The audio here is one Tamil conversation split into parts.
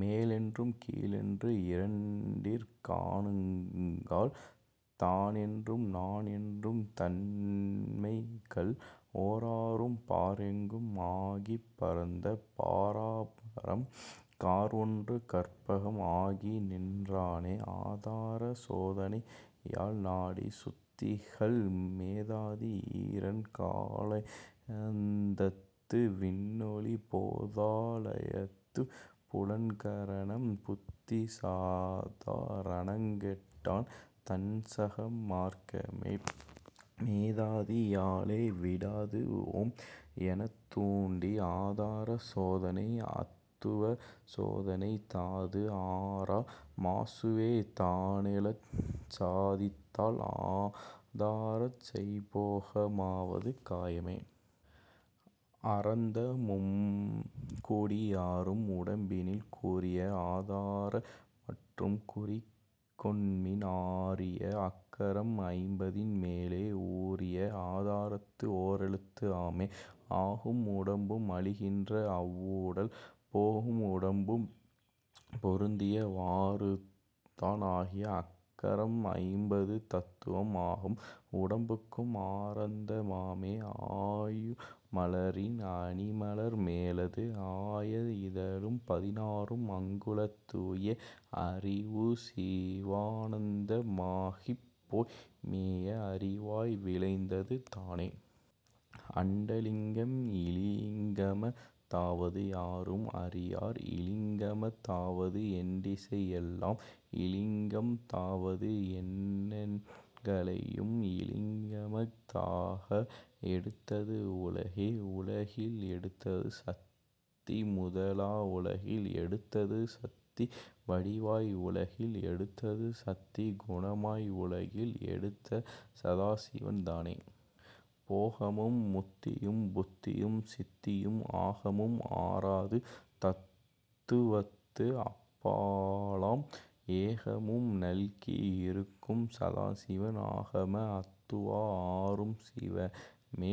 மேல்என்றும் கீழ்என்று இரண்டற் காணுங்கால் தான்என்றும் நான்என்றும் தன்மைகள் ஓராறும் பார்எங்கும் ஆகிப் பரந்த பராபரம் கார்ஒன்று கற்பகம் ஆகிநின்றானே. ஆதார சோதனை யால்நாடி சுத்திகள் மேதாதி ஈரெண் காலந்தத்து விண்ணொளி போதா லயத்துப் புலன்கர ணம் புத்தி சாதா ரணங்கெட்டான் தான்சக மார்க்கமே. மேதாதி யாலே விடாதுஓம் எனத்தூண்டி ஆதார சோதனை அத்துவ சோதனை தாதுஆர மாசுவே தானெழச் சாதித்தால் ஆதாரஞ் செய்போக மாவது காயமே. ஆறந்த மும்கூடி யாரும் உடம்பினில் கூறிய ஆதார மற்றும் குறிக்கொண்மின் ஆறிய அக்கரம் ஐம்பதின் மேலே ஊறிய ஆதாரத்து ஓரெழுத்து ஆமே. ஆகும் உடம்பும் அழிகின்ற அவ்வுடல் போகும் உடம்பும் பொருந்திய வாறுதான் ஆகிய அக்கரம் ஐம்பது தத்துவம் ஆகும் உடம்புக்கும் ஆறந்த மாமே. ஆயு மலரின் அணிமலர் மேலது ஆய இதழும் பதினாறும் அங்குள தூய அறிவு சிவானந்த மாகிப்போய் மேய அறிவாய் விளைந்தது தானே.. அண்டலிங்கம் இலிங்கம தாவது யாரும் அறியார் இலிங்கம தாவது எண்டிசை எல்லாம் இலிங்கம் தாவது எண்ணெண் கலையும் இலிங்கம தாக எடுத்தது உலகே. உலகில் எடுத்தது சத்தி முதலா உலகில் எடுத்தது சத்தி வடிவாய் உலகில் எடுத்தது சத்தி குணமாய் உலகில் எடுத்த சதாசிவன் தானே. போகமும் முத்தியும் புத்தியும் சித்தியும் ஆகமும் ஆறாறு தத்துவத்து அப்பாலாம் ஏகமும் நல்கி இருக்கும் சதாசிவம் ஆகம அத்துவா ஆறும் சிவமே.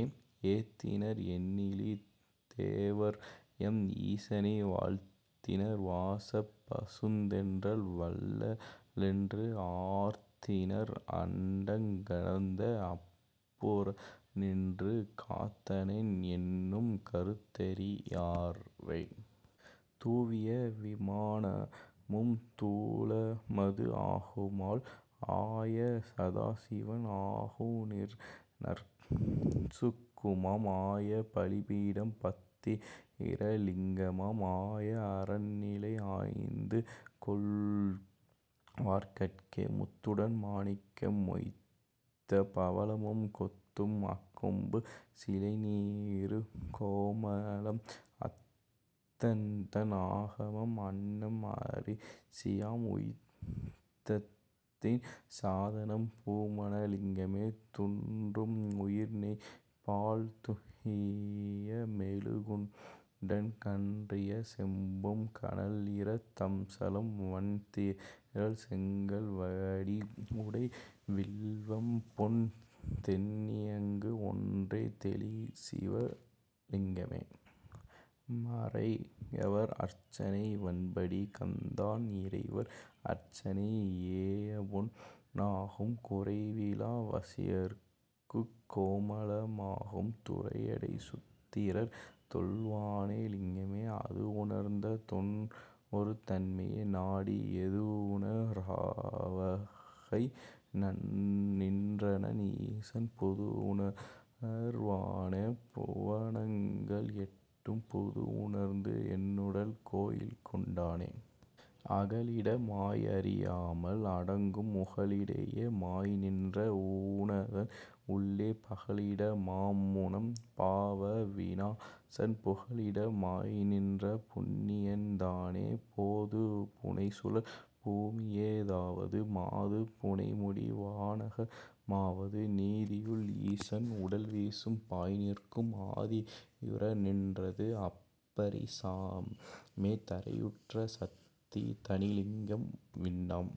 ஏத்தினர் எண்ணிலி தேவர்எம் ஈசனை வாழ்த்தினர் வாசப் பசுந்தென்றல் வள்ளலென்று ஆர்த்தினர் அண்டங் கடந்து அப் புறநின்று காத்தனன் என்னும் கருத்தறி யாரே. தூவிய விமானமும் தூலமது ஆகுமால் ஆய சதாசிவம் ஆகுநற் சூக்குமம் ஆய பலிபீடம் பத்திர லிங்கமாம் ஆய அரன்நிலை ஆய்ந்து கொள்வார்கட்கே. முத்துடன் மாணிக்கம் மொய்த்த பவளமும் கொத்தும்அக்கொம்பு சிலைநீறு கோமளம் அத்தன்தன் ஆகமம் அன்னம் அரிசியாம் உய்த்த்தின் சாதனம் பூமண லிங்கமே. துன்றும் தயிர்நெய் பால்துய்ய மெழுகுடன் கன்றிய செம்பு கனல்இர தம்சலம் வன்திறல் செங்கல் வடிவுடை வில்வம்பொன் தென்தியங்கு ஒன்றை தெளிசிவ லிங்கமே. மறையவர் அர்ச்சனை வண்படி கந்தான் இறையவர் அர்ச்சனை யேயபொன் னாகும் குறைவிலா வசியர்க்குக் கோமள மாகும் துறையடைச் சூத்திரர் தொல்வாண லிங்கமே. அது வுணர்ந் தோன்ஒரு தன்மையை நாடி எதுஉண ராவகை நின்றனன் ஈசன் புதுஉணர் வான புவனங்கள் எட்டும் இது உணர்ந்து என்னுடல் கோயில்கொண்டானே. அகலிட மாய்அறி யாமல் அடங்கும் உகலிட மாய்நின்ற ஊனதன் உள்ளே பகலிட மாம்முனம் பாவ வினாசன் புகலிட மாய்நின்ற புண்ணியன் தானே. போது புனைசூழல் பூமிய தாவது மாது புனைமுடி வானக மாவது நீதியுள் ஈசன் உடல்விசும் பாய்நிற்கும் ஆதியுற நின்றது அப்பரி சாமே. தரையுற்ற சத்தி தனிலிங்கம் விண்ணாம்